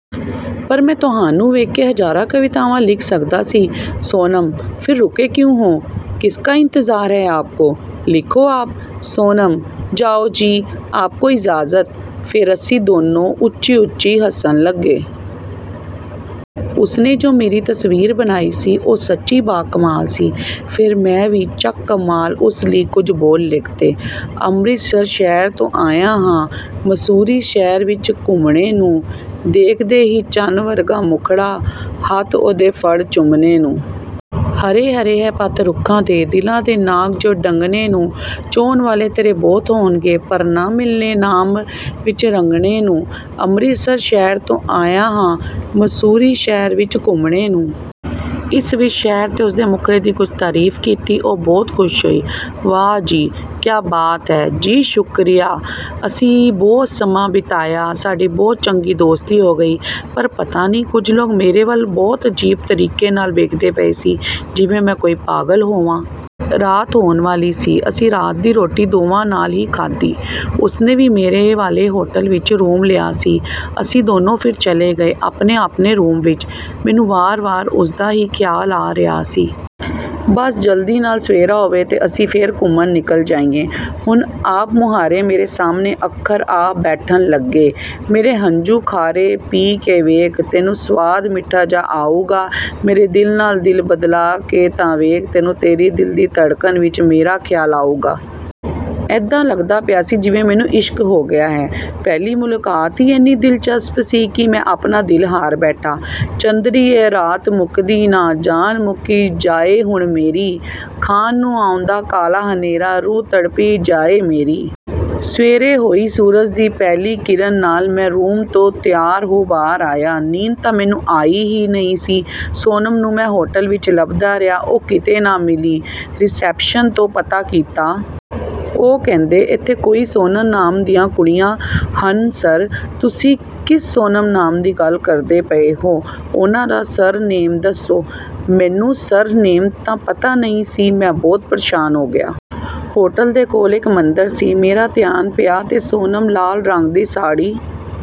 ਪਰ ਮੈਂ ਤੁਹਾਨੂੰ ਵੇਖ ਕੇ ਹਜ਼ਾਰਾਂ ਕਵਿਤਾਵਾਂ ਲਿਖ ਸਕਦਾ ਜੀ। ਸੋਨਮ: ਫਿਰ ਰੁਕੇ ਕਿਉਂ ਹੋ? ਕਿਸਕਾ ਇੰਤਜ਼ਾਰ ਹੈ ਆਪਕੋ? ਲਿਖੋ ਆਪ। ਸੋਨਮ: "ਜਾਓ ਜੀ, ਆਪਕੋ ਇਜਾਜ਼ਤ।" ਫੇਰ ਅਸੀਂ ਦੋਨੋਂ ਉੱਚੀ-ਉੱਚੀ ਹੱਸਣ ਲੱਗੇ। ਉਸਨੇ ਜੋ ਮੇਰੀ ਤਸਵੀਰ ਬਣਾਈ ਸੀ, ਉਹ ਸੱਚੀ ਬਾ-ਕਮਾਲ ਸੀ। ਫੇਰ ਮੈਂ ਵੀ ਚੱਕ ਕਮਾਲ, ਉਸ ਲਈ ਕੁਝ ਬੋਲ ਲਿਖਤੇ: "ਅੰਮ੍ਰਿਤਸਰ ਸ਼ਹਿਰ ਤੋਂ ਆਇਆ ਹਾਂ, ਮਸੂਰੀ ਸ਼ਹਿਰ ਵਿੱਚ ਘੁੰਮਣੇ ਨੂੰ, ਦੇਖ ਦੇ ਹੀ ਚੰਨ ਵਰਗਾ ਮੁੱਖੜਾ, ਹੱਥ ਉਹਦੇ ਫੜ ਚੁੰਮਣੇ ਨੂੰ। ਹਰੇ-ਹਰੇ ਹੈ ਪੱਤ ਰੁੱਖਾਂ ਦੇ, ਦਿਲਾਂ ਦੇ ਨਾਗ ਜਿਉਂ ਡੰਗਣੇ ਨੂੰ, ਚਾਹੁਣ ਵਾਲੇ ਤੇਰੇ ਬਹੁਤ ਹੋਣਗੇ, ਪਰ ਨਾ ਮਿਲਣੇ ਨਾਮ ਵਿੱਚ ਰੰਗਣੇ ਨੂੰ। ਅੰਮ੍ਰਿਤਸਰ ਸ਼ਹਿਰ ਤੋਂ ਆਇਆ ਹਾਂ, ਮਸੂਰੀ ਸ਼ਹਿਰ ਵਿੱਚ ਘੁੰਮਣੇ ਨੂੰ।" ਇਸ ਵਿੱਚ ਸ਼ਹਿਰ ਤੇ ਉਸਦੇ ਮੁੱਖੜੇ ਦੀ ਕੁਝ ਤਾਰੀਫ਼ ਕੀਤੀ। ਉਹ ਬਹੁਤ ਖੁਸ਼ ਹੋਈ। "ਵਾਅਹ! ਜੀ, ਕਿਆ ਬਾਤ ਹੈ।" "ਜੀ, ਸ਼ੁਕਰੀਆ।" ਅਸੀਂ ਬਹੁਤ ਸਮਾਂ ਬਿਤਾਇਆ, ਸਾਡੀ ਬਹੁਤ ਚੰਗੀ ਦੋਸਤੀ ਹੋ ਗਈ। ਪਰ ਪਤਾ ਨਹੀਂ ਕੁਝ ਲੋਕ ਮੇਰੇ ਵੱਲ ਬਹੁਤ ਅਜੀਬ ਤਰੀਕੇ ਨਾਲ ਵੇਖਦੇ ਪਏ ਸੀ, ਜਿਵੇਂ ਮੈਂ ਕੋਈ ਪਾਗਲ ਹੋਵਾਂ। ਰਾਤ ਹੋਣ ਵਾਲੀ ਸੀ। ਅਸੀਂ ਰਾਤ ਦੀ ਰੋਟੀ ਦੋਵਾਂ ਨਾਲ ਹੀ ਖਾਧੀ। ਉਸਨੇ ਵੀ ਮੇਰੇ ਵਾਲੇ ਹੋਟਲ ਵਿੱਚ ਰੂਮ ਲਿਆ ਸੀ। ਅਸੀਂ ਦੋਨੋਂ ਫਿਰ ਚਲੇ ਗਏ, ਆਪਣੇ-ਆਪਣੇ ਰੂਮ ਵਿੱਚ। ਮੈਨੂੰ ਵਾਰ-ਵਾਰ ਉਸਦਾ ਹੀ ਖਿਆਲ ਆ ਰਿਹਾ ਸੀ। ਬੱਸ ਜਲਦੀ ਨਾਲ ਸਵੇਰ ਹੋਵੇ ਤੇ ਅਸੀਂ ਫਿਰ ਘੁੰਮਣ ਨਿਕਲ ਜਾਈਏ। ਹੁਣ ਆਪ-ਮੁਹਾਰੇ ਮੇਰੇ ਸਾਹਮਣੇ ਅੱਖਰ ਆ ਬੈਠਣ ਲੱਗੇ। "ਮੇਰੇ ਹੰਝੂ ਖਾਰੇ ਪੀ ਕੇ ਵੇਖ, ਤੈਨੂੰ ਸਵਾਦ ਮਿੱਠਾ ਜਿਹਾ ਆਉਗਾ, ਮੇਰੇ ਦਿਲ ਨਾਲ ਦਿਲ ਬਦਲਾ ਕੇ ਤਾਂ ਵੇਖ, ਤੈਨੂੰ ਤੇਰੀ ਦਿਲ ਦੀ ਧੜਕਣ ਵਿੱਚ ਮੇਰਾ ਖਿਆਲ ਆਉਗਾ।" ਏਦਾਂ ਲੱਗਦਾ ਪਿਆ ਸੀ, ਜਿਵੇਂ ਮੈਨੂੰ ਇਸ਼ਕ ਹੋ ਗਿਆ ਹੈ। ਪਹਿਲੀ ਮੁਲਾਕਾਤ ਹੀ ਏਨੀ ਦਿਲਚਸਪ ਸੀ ਕਿ ਮੈਂ ਆਪਣਾ ਦਿਲ ਹਾਰ ਬੈਠਾਂ। "ਚੰਦਰੀ ਏ ਰਾਤ ਮੁੱਕਦੀ ਨਾ, ਜਾਨ ਮੁੱਕੀ ਜਾਏ ਹੁਣ ਮੇਰੀ। ਖਾਣ ਨੂੰ ਆਉਂਦਾ ਕਾਲਾ ਹਨੇਰਾ, ਰੂਹ ਤੜਪੀ ਜਾਏ ਮੇਰੀ।" ਸਵੇਰੇ ਹੋਈ ਸੂਰਜ ਦੀ ਪਹਿਲੀ ਕਿਰਣ ਨਾਲ ਮੈਂ ਰੂਮ ਤੋਂ ਤਿਆਰ ਹੋ ਬਾਹਰ ਆਇਆ। ਨੀਂਦ ਤਾਂ ਮੈਨੂੰ ਆਈ ਹੀ ਨਹੀਂ ਸੀ। ਸੋਨਮ ਨੂੰ ਮੈਂ ਹੋਟਲ ਵਿੱਚ ਲੱਭਦਾ ਰਿਹਾ, ਉਹ ਕਿਤੇ ਨਾ ਮਿਲੀ। ਰਿਸੈਪਸ਼ਨ ਤੋਂ ਪਤਾ ਕੀਤਾ। ਉਹ ਕਹਿੰਦੇ, "ਏਥੇ ਕਈ ਸੋਨਮ ਨਾਮ ਦੀਆਂ ਕੁੜੀਆਂ ਹਨ, ਸਰ। ਤੁਸੀਂ ਕਿਸ ਸੋਨਮ ਦੀ ਗੱਲ ਕਰਦੇ ਪਏ ਹੋ? ਉਹਨਾਂ ਦਾ ਸਰ ਨੇਮ ਦੱਸੋ।" ਮੈਨੂੰ ਸਰ ਨੇਮ ਪਤਾ ਨਹੀਂ ਸੀ। ਮੈਂ ਬਹੁਤ ਪਰੇਸ਼ਾਨ ਹੋ ਗਿਆ। ਹੋਟਲ ਦੇ ਕੋਲ ਇੱਕ ਮੰਦਰ ਸੀ। ਮੇਰਾ ਧਿਆਨ ਪਿਆ ਤੇ ਸੋਨਮ ਲਾਲ ਰੰਗ ਦੀ ਸਾੜੀ...